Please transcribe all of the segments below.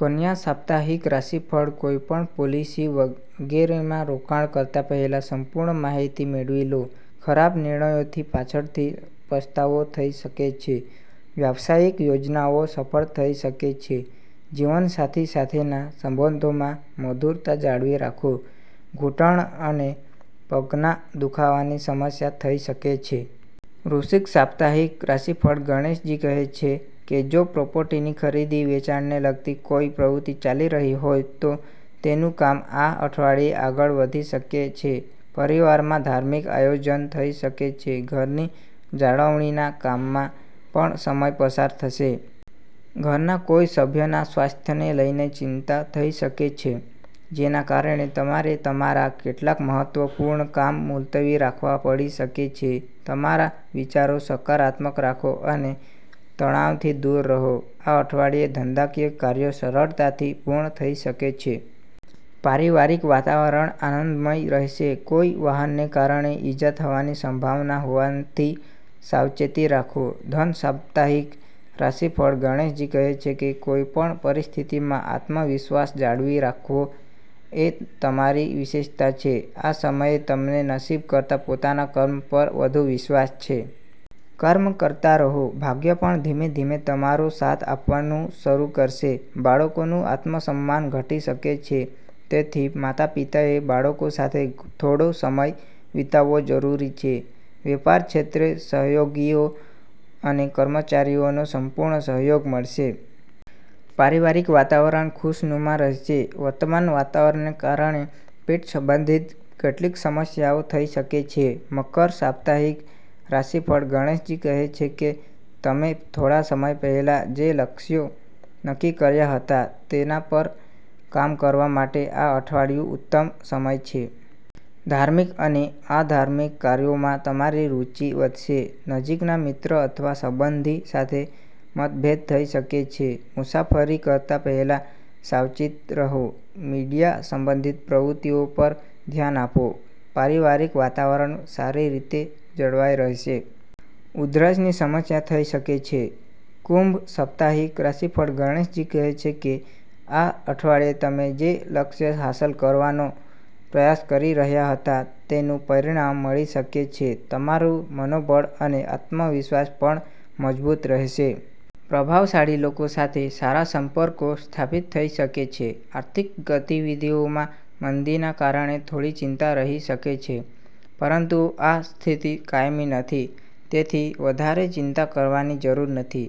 કન્યા સાપ્તાહિક રાશિફળ કોઈપણ પોલિસી વગેરેમાં રોકાણ કરતા પહેલાં સંપૂર્ણ માહિતી મેળવી લો. ખરાબ નિર્ણયોથી પાછળથી પસ્તાવો થઈ શકે છે. વ્યવસાયિક યોજનાઓ સફળ થઈ શકે છે. જીવનસાથી સાથેના સંબંધોમાં મધુરતા જાળવી રાખો. ઘૂંટણ અને પગના દુખાવાની સમસ્યા થઈ શકે છે. વૃશ્ચિક સાપ્તાહિક રાશિફળ ગણેશજી કહે છે કે જો પ્રોપર્ટીની ખરીદી-વેચાણને લગતી કોઈ પ્રવૃત્તિ ચાલી રહી હોય, તો તેનું કામ આ અઠવાડિયે આગળ વધી શકે છે. પરિવારમાં ધાર્મિક આયોજન થઈ શકે છે. ઘરની જાળવણીના કામમાં પણ સમય પસાર થશે. ઘરના કોઈ સભ્યના સ્વાસ્થ્યને લઈને ચિંતા થઈ શકે છે, જેના કારણે તમારે તમારા કેટલાક મહત્વપૂર્ણ કામ મુલતવી રાખવા પડી શકે છે. તમારા વિચારો સકારાત્મક રાખો અને તણાવથી દૂર રહો. આ અઠવાડિયે ધંધાકીય કાર્યો સરળતાથી પૂર્ણ થઈ શકે છે. પારિવારિક વાતાવરણ આનંદમય રહેશે. કોઈ વાહનને કારણે ઈજા થવાની સંભાવના હોવાથી સાવચેતી રાખો. ધન સાપ્તાહિક રાશિફળ ગણેશજી કહે છે કે કોઈપણ પરિસ્થિતિમાં આત્મવિશ્વાસ જાળવી રાખવો એ તમારી વિશેષતા છે. આ સમયે તમને નસીબ કરતાં પોતાના કર્મ પર વધુ વિશ્વાસ છે. કર્મ કરતા રહો, ભાગ્ય પણ ધીમે ધીમે તમારો સાથ આપવાનું શરૂ કરશે. બાળકોનું આત્મસન્માન ઘટી શકે છે, તેથી માતા-પિતાએ બાળકો સાથે થોડો સમય વિતાવવો જરૂરી છે. વેપાર ક્ષેત્રે સહયોગીઓ અને કર્મચારીઓનો સંપૂર્ણ સહયોગ મળશે. પારિવારિક વાતાવરણ ખુશનુમા રહેશે. વર્તમાન વાતાવરણને કારણે પેટ સંબંધિત કેટલીક સમસ્યાઓ થઈ શકે છે. મકર સાપ્તાહિક રાશિફળ ગણેશજી કહે છે કે તમે થોડા સમય પહેલાં જે લક્ષ્યો નક્કી કર્યા હતા, તેના પર કામ કરવા માટે આ અઠવાડિયું ઉત્તમ સમય છે. ધાર્મિક અને આધ્યાત્મિક કાર્યોમાં તમારી રુચિ વધશે. નજીકના મિત્ર અથવા સંબંધી સાથે મતભેદ થઈ શકે છે. મુસાફરી કરતા પહેલાં સાવચેત રહો. મીડિયા સંબંધિત પ્રવૃત્તિઓ પર ધ્યાન આપો. પારિવારિક વાતાવરણ સારી રીતે જળવાઈ રહેશે. ઉધરસની સમસ્યા થઈ શકે છે. કુંભ સાપ્તાહિક રાશિફળ ગણેશજી કહે છે કે આ અઠવાડિયે તમે જે લક્ષ્ય હાંસલ કરવાનો પ્રયાસ કરી રહ્યા હતા, તેનું પરિણામ મળી શકે છે. તમારું મનોબળ અને આત્મવિશ્વાસ પણ મજબૂત રહેશે. પ્રભાવશાળી લોકો સાથે સારા સંપર્કો સ્થાપિત થઈ શકે છે. આર્થિક ગતિવિધિઓમાં મંદીના કારણે થોડી ચિંતા રહી શકે છે, પરંતુ આ સ્થિતિ કાયમી નથી. તેથી વધારે ચિંતા કરવાની જરૂર નથી.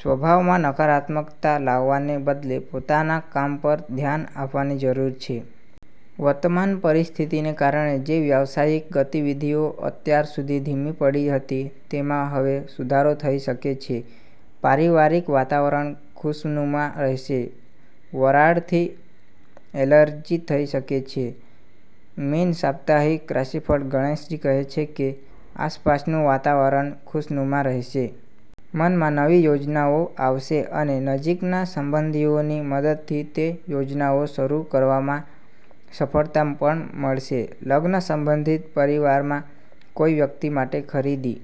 સ્વભાવમાં નકારાત્મકતા લાવવાને બદલે પોતાના કામ પર ધ્યાન આપવાની જરૂર છે. વર્તમાન પરિસ્થિતિને કારણે જે વ્યવસાયિક ગતિવિધિઓ અત્યાર સુધી ધીમી પડી હતી, તેમાં હવે સુધારો થઈ શકે છે. પારિવારિક વાતાવરણ ખુશનુમા રહેશે. વરાળથી એલર્જી થઈ શકે છે. મીન સાપ્તાહિક રાશિફળ ગણેશજી કહે છે કે આસપાસનું વાતાવરણ ખુશનુમા રહેશે. મનમાં નવી યોજનાઓ આવશે અને નજીકના સંબંધીઓની મદદથી તે યોજનાઓ શરૂ કરવામાં સફળતા પણ મળશે. લગ્ન સંબંધિત પરિવારના કોઈ વ્યક્તિ માટે ખરીદી...